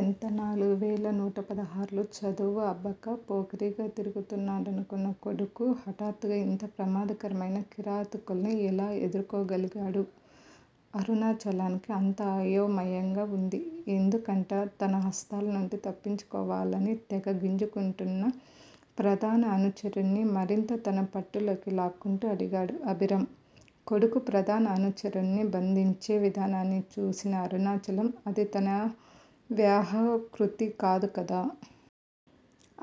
ఎంత? నాలుగువేల నూటపదహార్లు చదువు అబ్బక పోకిరిగా తిరుగుతున్నాడనుకున్న కొడుకు హఠాత్తుగా ఇంత ప్రమాదకరమైన కిరాతకుల్ని ఎలా ఎదుర్కోగలిగాడు? అరుణాచలానికి అంతా అయోమయంగా వుంది. ఎందుకట తన హస్తాలనుండి తప్పించుకోవాలని తెగ గింజుకుంటున్న ప్రధాన అనుచరుడ్ని మరింత తన పట్టులోకి లాక్కుంటూ అడిగాడు అభిరామ్. కొడుకు ప్రధాన అనుచరుడ్ని బంధించిణ విధానాన్ని చూసిన అరుణాచలం అది తన వ్యవహృతి కాదు కదా?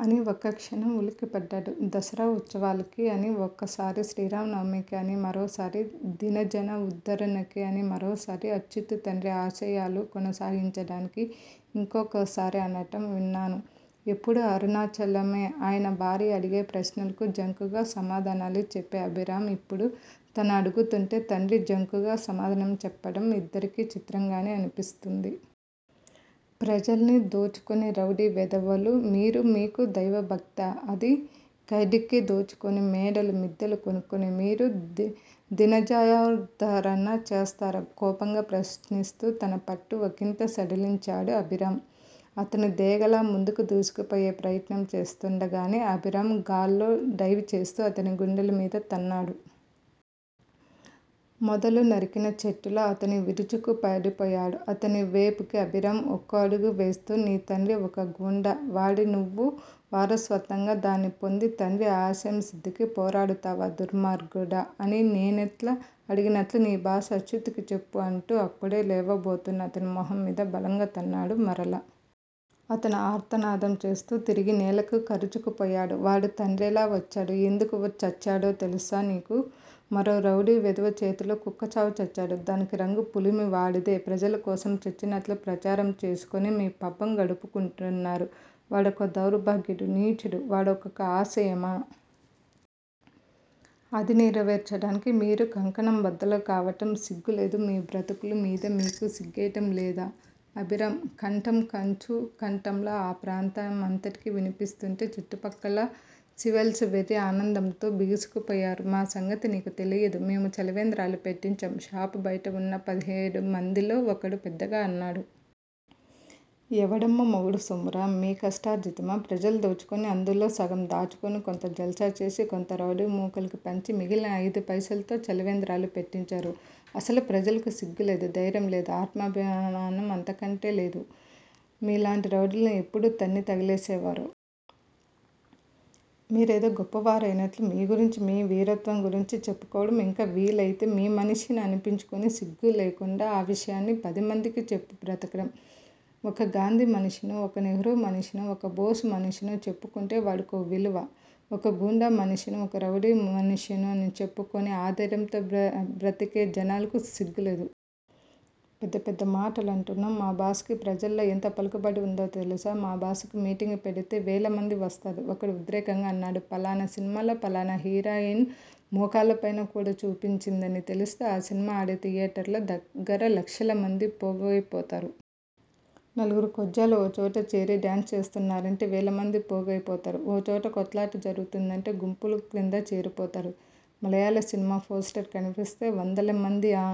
అని ఒక్కక్షణం ఉలిక్కిపడ్డాడు. దసరా ఉత్సవాలకి అని ఓసారి, శ్రీరామనవమికి అని మరోసారి, దీనజన ఉద్దరణకి అని మరోసారి, అచ్యుత్ తండ్రి ఆశయాలను కొనసాగించడానికి ఇంకోసారి అనటం విన్నాను ఎప్పుడూ అరుణాచలమో, ఆయన భార్యో అడిగే ప్రశ్నలకి జంకుగా సమాధానాలు చెప్పే అభిరామ్ యిప్పుడు తను అడుగుతుంటే తండ్రి జంకుగా సమాధానం చెప్పడం యిద్దరికీ చిత్రంగానే అనిపిస్తోంది. ప్రజల్ని దోచుకునే రౌడీ వెధవలు మీరు మీకు దైవభక్తా? అందిన కైడ్కి దోచుకుని మేడలు, మిద్దెలు, కొనుక్కునే మీరు దీనజనోద్దరణ చేస్తారా? కోపంగా ప్రశ్నిస్తూ తన పట్టు ఒకింత సడలించాడు అభిరామ్. అతను దేగాలా ముందుకు దూసుకుపోయే ప్రయత్నం చేస్తుండగానే అభిరామ్ గాల్లోకి డైవ్ చేస్తూ అతని గుండెల మీద తన్నాడు. మొదలు నరికిన చెట్టులా అతను విరుచుకు పడిపోయాడు. అతని వేపుకి అభిరామ్ ఒక్కో అడుగువేస్తూ- నీ తండ్రి ఒక గూండా! వాడి నుండి నువ్వు వారసత్వంగా దాన్నే పొంది తండ్రి ఆశయసిద్దికి పోరాడతావా దుర్మార్గుడా అని నేనడిగినట్లు నీ బాస్ అచ్యుత్ కి చెప్పు అంటూ అప్పుడే లేవబోతున్న అతని మొహం మీద బలంగా తన్నాడు మరలా. అతను ఆర్తనాదం చేస్తూ తిరిగి నేలకి కరుచుకుపోయాడు. వాడి తండ్రెలా చచ్చాడు? యెందుకు చచ్చాడు? తెలుసా నీకు? మరో రౌడీ వెధవ చేతిలో కుక్కచావు చచ్చాడు. దానికి రంగు పులిమి వాడేదో ప్రజల కోసం చచ్చినట్లు ప్రచారం చేసుకుని మీ పబ్బం గడుపుకుంటున్నారు. వాడొక దౌర్భాగ్యుడు, నీచుడు వాడికొక ఆశయమా? అది నెరవేర్చడానికి మీరు కంకణబద్దులు కావటం సిగ్గులేదూ? మీ బ్రతుకుల మీద మీకే సిగ్గేయటం లేదా? అభిరామ్ కంఠం కంచు కంఠంలా ఆ ప్రాంతమంతటికీ వినిపిస్తుంటే చుట్టుప్రక్కల సివిలియన్స్ వెర్రి ఆనందంతో బిగుసుకుపోయారు. మా సంగతి నీకు తెలీదు మేము చలివేంద్రాలు పెట్టించాం షాపు బయట వున్న పదిహేనుమందిలోఒకడు పెద్దగా అన్నాడు. ఎవడమ్మ మొగుడి సొమ్మురా? మీ కష్టార్జితమా? ప్రజల్ని దోచుకుని, అందులో సగం దాచుకొని, కొంత జల్సాచేసి, కొంత రౌడీమూకలకి పంచి, మిగిలిన ఐదు పైసలతో చలివేంద్రాలు పెట్టించారు? అసలు ప్రజలకి సిగ్గులేదు, ధైర్యం లేదు ఆత్మాభిమానం అంతకంటే లేదు వుంటే మీలాంటి రౌడీల్ని యెప్పుడో తన్ని తగలేసేవారు. మీరేదో గొప్పవారయినట్లు మీ గురించి, మీ వీరత్వం గురించి చెప్పుకోవడం, ఇంకా వీలయితే మీ మనిషినని అనిపించుకొని సిగ్గు లేకుండా ఆ విషయాన్ని పదిమందికీ చెప్పుకు బ్రతకటం, ఒక గాంధీ మనిషిననో, ఒక నెహ్రూ మనిషిననో, ఒక బోసు మనిషిననో చెప్పుకుంటే వాడికో విలువ! ఒక గూండా మనిషిననో, ఒక రౌడీ మనిషిననో చెప్పుకుని, ఆ ధైర్యంతో బ్రతికే జనాలకి సిగ్గులేదు. పెద్ద పెద్ద మాటలంటున్నావ్ మా బాస్ కి ప్రజల్లో యెంత పలుకుబడి వుందో తెలుసా? మా బాస్ మీటింగ్ పెడితే వేలమంది వస్తారు ఒకడు ఉద్రేకంగా అన్నాడు. ఫలానా సినిమాలో ఫలానా హీరోయిన్ మోకాళ్ళ పైన కూడా చూపించిందని తెలిస్తే ఆ సినిమా ఆడే థియేటర్ ల దగ్గర లక్షల మంది పోగయిపోతారు. నలుగురు కొజ్జాలు ఓ చోట చేరి డాన్స్ చేస్తున్నారంటే వేలమంది పోగయిపోతారు. ఓ చోట కొట్లాట జరుగుతోందంటే గుంపుల క్రింద చేరిపోతారు. మళయాళ సినిమా పోస్టర్ కనిపిస్తే వందలమంది ఆ